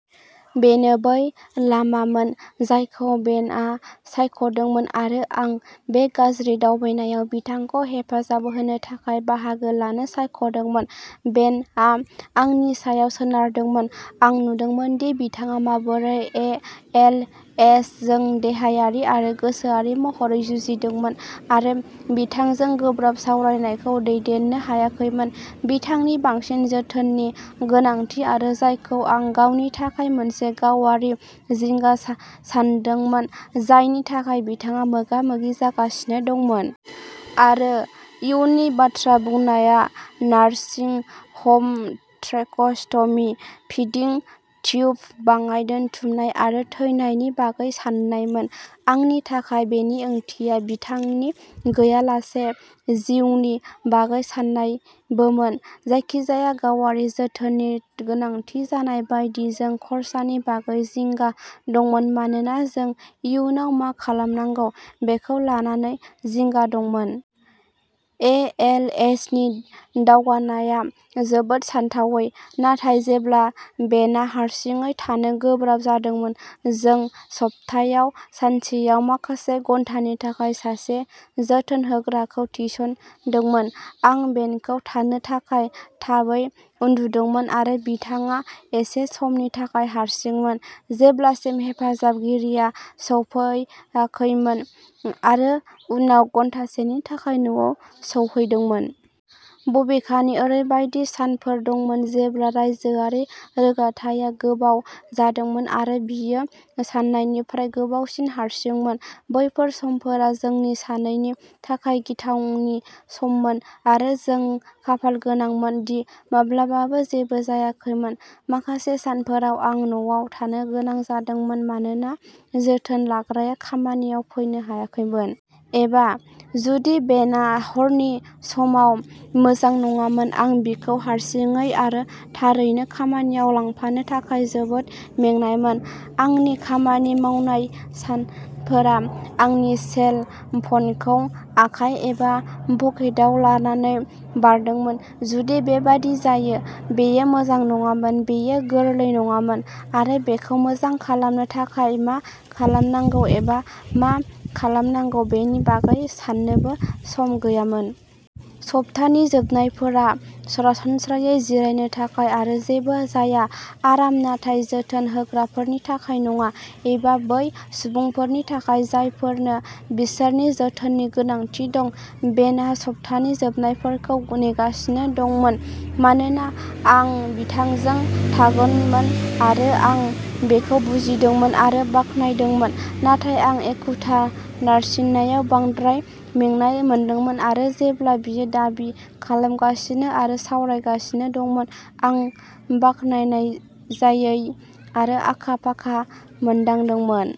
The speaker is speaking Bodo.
बेनो बै लामामोन जायखौ बेनआ सायख'दोंमोन आरो आं। बे गाज्रि दावबायनायाव बिथांखौ हेफाजाब होनो थाखाय बाहागो लानो सायख'दोंमोन। बेनआ आंनि सायाव सोनारदोंमोन। आं नुदोंमोनदि बिथाङा माबोरै ए. एल. एस. जों देहायारि आरो गोसोआरि महरै जुजिदोंमोन आरो बिथांजों गोब्राब सावरायनायखौ दैदेननो हायाखैमोन, बिथांनि बांसिन जोथोननि गोनांथि आरो जायखौ आं गावनि थाखाय मोनसे गावआरि जिंगा सान्दोंमोन, जायनि थाखाय बिथाङा मोगा-मोगि जागासिनो दंमोन। आरो, इयुननि बाथ्रा बुंनाया nursing home, tracheostomy, feeding tube, बाङाइ दोनथुमनाय आरो थैनायनि बागै सान्नायमोन। आंनि थाखाय, बेनि ओंथिया बिथांनि गैयालासे जिउनि बागै सान्नायबोमोन। जायखिजाया गावारि जोथोननि गोनांथि जानाय बायदि, जों खरसानि बागै जिंगा दंमोन मानोना जों इयुनाव मा खालामनांगौ बेखौ लानानै जिंगा दंमोन। ए. एल. एस. नि दावगानायआ जोबोद सानथावै। नाथाय, जेब्ला बेनआ हारसिङै थानो गोब्राब जादोंमोन, जों सप्तायाव सानसेयाव माखासे घन्टानि थाखाय सासे जोथोनहोग्राखौ थिसनदोंमोन। आं बेनखौ थानो थाखाय थाबै उन्दुदोंमोन आरो बिथाङा एसे समनि थाखाय हारसिंमोन जेब्लासिम हेफाजाबगिरिया सौफैाखैमोन आरो उनाव घन्टासेनि थाखाय न'आव सौहैदोंमोन। बबेखानि, ओरैबायदि सानफोर दंमोन जेब्ला रायजोआरि रोगाथाइआ गोबाव जादोंमोन आरो बियो सान्नायनिफ्राय गोबावसिन हारसिंमोन। बैफोर समफोरा जोंनि सानैनि थाखाय गिथावनि सममोन, आरो जों खाफालगोनांमोन दि माब्लाबाबो जेबो जायाखैमोन। माखासे सानफोराव आं न'आव थानो गोनां जादोंमोन मानोना जोथोन लाग्राया खामानियाव फैनो हायाखैमोन। एबा, जुदि बेनआ हरनि समाव मोजां नङामोन, आं बिखौ हारसिङै आरो थारैनो, खामानियाव लांफानो थाखाय जोबोद मेंनायमोन। आंनि खामानि मावनाय सानफोरा आंनि सेल फ'नखौ आखाइ एबा पकेटआव लानानै बारदोंमोन, जुदि बेबादि जायो। बेयो मोजां नङामोन, बेयो गोरलै नङामोन, आरो बेखौ मोजां खालामनो थाखाय मा खालामनांगौ एबा मा खालामनांगौ बेनि बागै साननोबो सम गैयामोन। सप्तानि जोबनायावफोरा सरासनस्रायै जिरायनो थाखाय आरो जेबो जाया। आराम, नाथाय जोथोन होग्राफोरनि थाखाय नङा, एबा बै सुबुंफोरनि थाखाय जायफोरनो बिसोरनि जोथोननि गोनांथि दं। बेनआ सप्तानि जोबनायफोरखौ नेगासिनो दंमोन मानोना आं बिथांजों थागोनमोन, आरो आं बेखौ बुजिदोंमोन आरो बाख्नायदोंमोन, नाथाय आं एखुथा, नारसिननाय, बांद्राय मेंनाय मोनदोंमोन, आरो जेब्ला बियो दाबि खालामगासिनो आरो सावरायगासिनो दंमोन, आं बाखनायजायै आरो आखा-फाखा मोनदांदोंमोन।